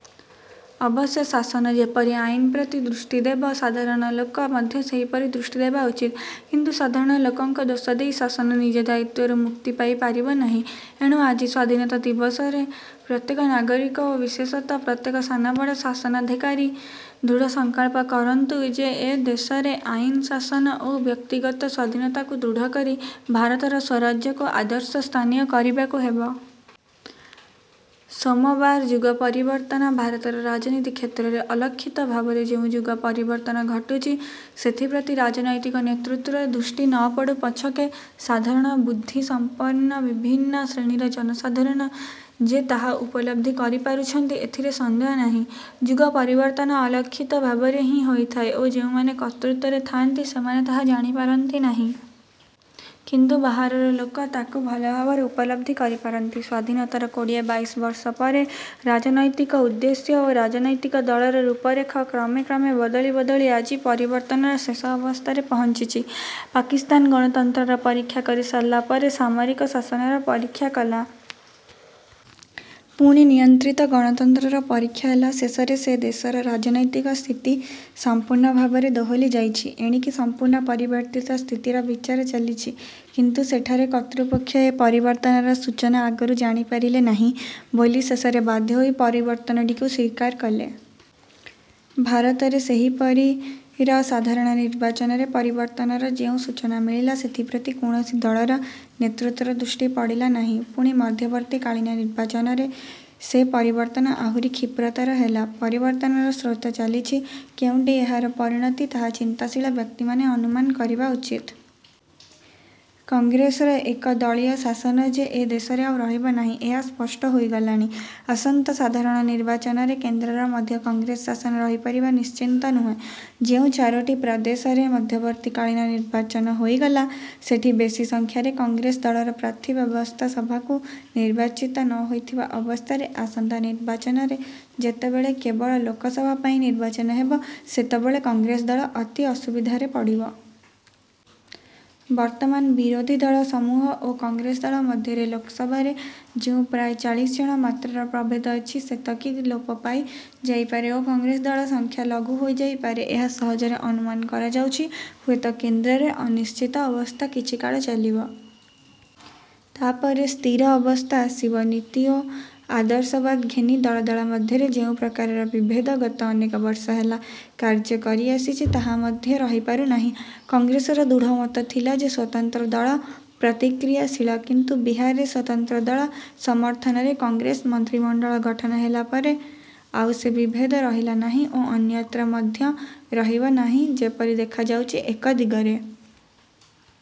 ଅବଶ୍ୟ ଶାସନ ଯେପରି ଆଇନପ୍ରତି ଦୃଷ୍ଟି ଦେବ ସାଧାରଣ ଲୋକ ମଧ୍ୟ ସେହିପରି ଦୃଷ୍ଟି ଦେବା ଉଚିତ। କିନ୍ତୁ ସାଧାରଣ ଲୋକଙ୍କ ଦୋଷ ଦେଇ ଶାସନ ନିଜ ଦାୟିତ୍ୱରୁ ମୁକ୍ତି ପାଇ ପାରିବ ନାହିଁ। ଏଣୁ ଆଜି ସ୍ୱାଧୀନତା ଦିବସରେ ପ୍ରତ୍ୟେକ ନାଗରିକ ଓ ବିଶେଷତଃ ପ୍ରତ୍ୟେକ ସାନ ବଡ଼ ଶାସନାଧିକାରୀ ଦୃଢ଼ ସଂକଳ୍ପ କରନ୍ତୁ ଯେ ଏ ଦେଶରେ ଆଇନର ଶାସନ ଓ ବ୍ୟକ୍ତିଗତ ସ୍ୱାଧୀନତାକୁ ଦୃଢ଼ କରି ଭାରତର ସ୍ୱରାଜ୍ୟକୁ ଆଦର୍ଶସ୍ଥାନୀୟ କରିବାକୁ ହେବ। ସୋମବାର ଯୁଗ ପରିବର୍ତ୍ତନ ଭାରତର ରାଜନୀତି କ୍ଷେତ୍ରରେ ଅଲକ୍ଷିତ ଭାବରେ ଯେଉଁ ଯୁଗ ପରିବର୍ତ୍ତନ ଘଟୁଛି ସେଥିପ୍ରତି ରାଜନୈତିକ ନେତୃତ୍ୱର ଦୃଷ୍ଟି ନପଡ଼ୁ ପଛକେ, ସାଧାରଣ ବୁଦ୍ଧି ସମ୍ପନ୍ନ ବିଭିନ୍ନ ଶ୍ରେଣୀର ଜନସାଧାରଣ ଯେ ତାହା ଉପଲବ୍ଧି କରି ପାରୁଛନ୍ତି ଏଥିରେ ସନ୍ଦେହ ନାହିଁ। ଯୁଗ ପରିବର୍ତ୍ତନ ଅଲକ୍ଷିତ ଭାବରେ ହିଁ ହୋଇଥାଏ ଓ ଯେଉଁମାନେ କର୍ତ୍ତୃତ୍ୱରେ ଥାଆନ୍ତି ସେମାନେ ତାହା ଜାଣିପାରନ୍ତି ନାହିଁ। କିନ୍ତୁ ବାହାରର ଲୋକ ତା'କୁ ଭଲଭାବରେ ଉପଲବ୍ଧି କରିପାରନ୍ତି। ସ୍ୱାଧୀନତାର କୋଡ଼ିଏ ବାଇଶବର୍ଷ ପରେ ରାଜନୈତିକ ଉଦ୍ଦେଶ୍ୟ ଓ ରାଜନୈତିକ ଦଳର ରୂପରେଖ କ୍ରମେ କ୍ରମେ ବଦଳି ବଦଳି ଆଜି ପରିବର୍ତ୍ତନର ଶେଷ ଅବସ୍ଥାରେ ପହଞ୍ଚିଛି। ପାକିସ୍ତାନ ଗଣତନ୍ତ୍ରର ପରୀକ୍ଷା କରି ସାରିଲାପରେ ସାମରିକ ଶାସନର ପରୀକ୍ଷା କଲା। ପୁଣି ନିୟନ୍ତ୍ରିତ ଗଣତନ୍ତ୍ରର ପରୀକ୍ଷା ହେଲା। ଶେଷରେ ସେ ଦେଶର ରାଜନୈତିକ ସ୍ଥିତି ସମ୍ପୂର୍ଣ୍ଣ ଭାବରେ ଦୋହଲି ଯାଇଛି। ଏଣିକି ସମ୍ପୂର୍ଣ୍ଣ ପରିବର୍ତ୍ତିତ ସ୍ଥିତିର ବିଚାର ଚାଲିଛି। କିନ୍ତୁ ସେଠାରେ କର୍ତ୍ତୃପକ୍ଷ ଏ ପରିବର୍ତ୍ତନର ସୂଚନା ଆଗରୁ ଜାଣିପାରିଲେ ନାହିଁ ବୋଲି ଶେଷରେ ବାଧ୍ୟ ହୋଇ ପରିବର୍ତ୍ତନଟିକୁ ସ୍ୱୀକାର କଲେ। ଭାରତରେ ସେହିପରି ର ସାଧାରଣ ନିର୍ବାଚନରେ ପରିବର୍ତ୍ତନର ଯେଉଁ ସୂଚନା ମିଳିଲା ସେଥିପ୍ରତି କୌଣସି ଦଳର ନେତୃତ୍ୱର ଦୃଷ୍ଟି ପଡ଼ିଲା ନାହିଁ। ପୁଣି ମଧ୍ୟବର୍ତ୍ତୀକାଳୀନ ନିର୍ବାଚନରେ ସେ ପରିବର୍ତ୍ତନ ଆହୁରି କ୍ଷିପ୍ରତର ହେଲା। ପରିବର୍ତ୍ତନର ସ୍ରୋତ ଚାଲିଛି। କେଉଁଠି ଏହାର ପରିଣତି ତାହା ଚିନ୍ତାଶୀଳ ବ୍ୟକ୍ତିମାନେ ଅନୁମାନ କରିବା ଉଚିତ। କଂଗ୍ରେସର ଏକ-ଦଳୀୟ ଶାସନ ଯେ ଏ ଦେଶରେ ଆଉ ରହିବ ନାହିଁ, ଏହା ସ୍ପଷ୍ଟ ହୋଇଗଲାଣି। ଆସନ୍ତା ସାଧାରଣ ନିର୍ବାଚନରେ କେନ୍ଦ୍ରରେ ମଧ୍ୟ କଂଗ୍ରେସ ଶାସନ ରହିପାରିବା ନିଶ୍ଚିତ ନୁହେଁ। ଯେଉଁ ଚାରୋଟି ପ୍ରଦେଶରେ ମଧ୍ୟବର୍ତ୍ତୀକାଳୀନ ନିର୍ବାଚନ ହୋଇଗଲା ସେଠି ବେଶି ସଂଖ୍ୟାରେ କଂଗ୍ରେସ ଦଳର ପ୍ରାର୍ଥୀ ବ୍ୟବସ୍ଥା ସଭାକୁ ନିର୍ବାଚିତ ନହୋଇଥିବା ଅବସ୍ଥାରେ ଆସନ୍ତା ନିର୍ବାଚନରେ ଯେତେବେଳେ କେବଳ ଲୋକସଭା ପାଇଁ ନିର୍ବାଚନ ହେବ ସେତେବେଳ କଂଗ୍ରେସ ଦଳ ଅତି ଅସୁବିଧାରେ ପଡ଼ିବ। ବର୍ତ୍ତମାନ ବିରୋଧୀଦଳ ସମୂହ ଓ କଂଗ୍ରେସ ଦଳ ମଧ୍ୟରେ ଲୋକସଭାରେ ଯେଉଁ ପ୍ରାୟ ଚାଳିଶ ଜଣ ମାତ୍ରର ପ୍ରଭେଦ ଅଛି ସେତକି ଲୋପ ପାଇ ଯାଇପାରେ ଓ କଂଗ୍ରେସ ଦଳ ସଂଖ୍ୟା ଲଘୁ ହୋଇଯାଇ ପାରେ- ଏହା ସହଜରେ ଅନୁମାନ କରାଯାଉଛି। ହୁଏତ କେନ୍ଦ୍ରରେ ଅନିଶ୍ଚିତ ଅବସ୍ଥା କିଛିକାଳ ଚାଲିବ। ତା'ପରେ ସ୍ଥିର ଅବସ୍ଥା ଆସିବ। ନୀତି ଓ ଆଦର୍ଶବାଦ ଘେନି ଦଳ ଦଳ ମଧ୍ୟରେ ଯେଉଁ ପ୍ରକାରର ବିଭେଦ ଗତ ଅନେକବର୍ଷ ହେଲା କାର୍ଯ୍ୟ କରି ଆସିଛି ତାହା ମଧ୍ୟ ରହିପାରୁନାହିଁ। କଂଗ୍ରେସର ଦୃଢ଼ମତ ଥିଲା ଯେ ସ୍ୱତନ୍ତ୍ର ଦଳ ପ୍ରତିକ୍ରିୟାଶୀଳ। କିନ୍ତୁ ବିହାରରେ ସ୍ୱତନ୍ତ୍ର ଦଳ ସମର୍ଥନରେ କଂଗ୍ରେସ ମନ୍ତ୍ରିମଣ୍ଡଳ ଗଠନ କଲାପରେ ଆଉ ସେ ବିଭେଦ ରହିଲା ନାହିଁ ଓ ଅନ୍ୟତ୍ର ମଧ୍ୟ ରହିବ ନାହିଁ। ଯେପରି ଦେଖାଯାଉଛି ଏକ ଦିଗରେ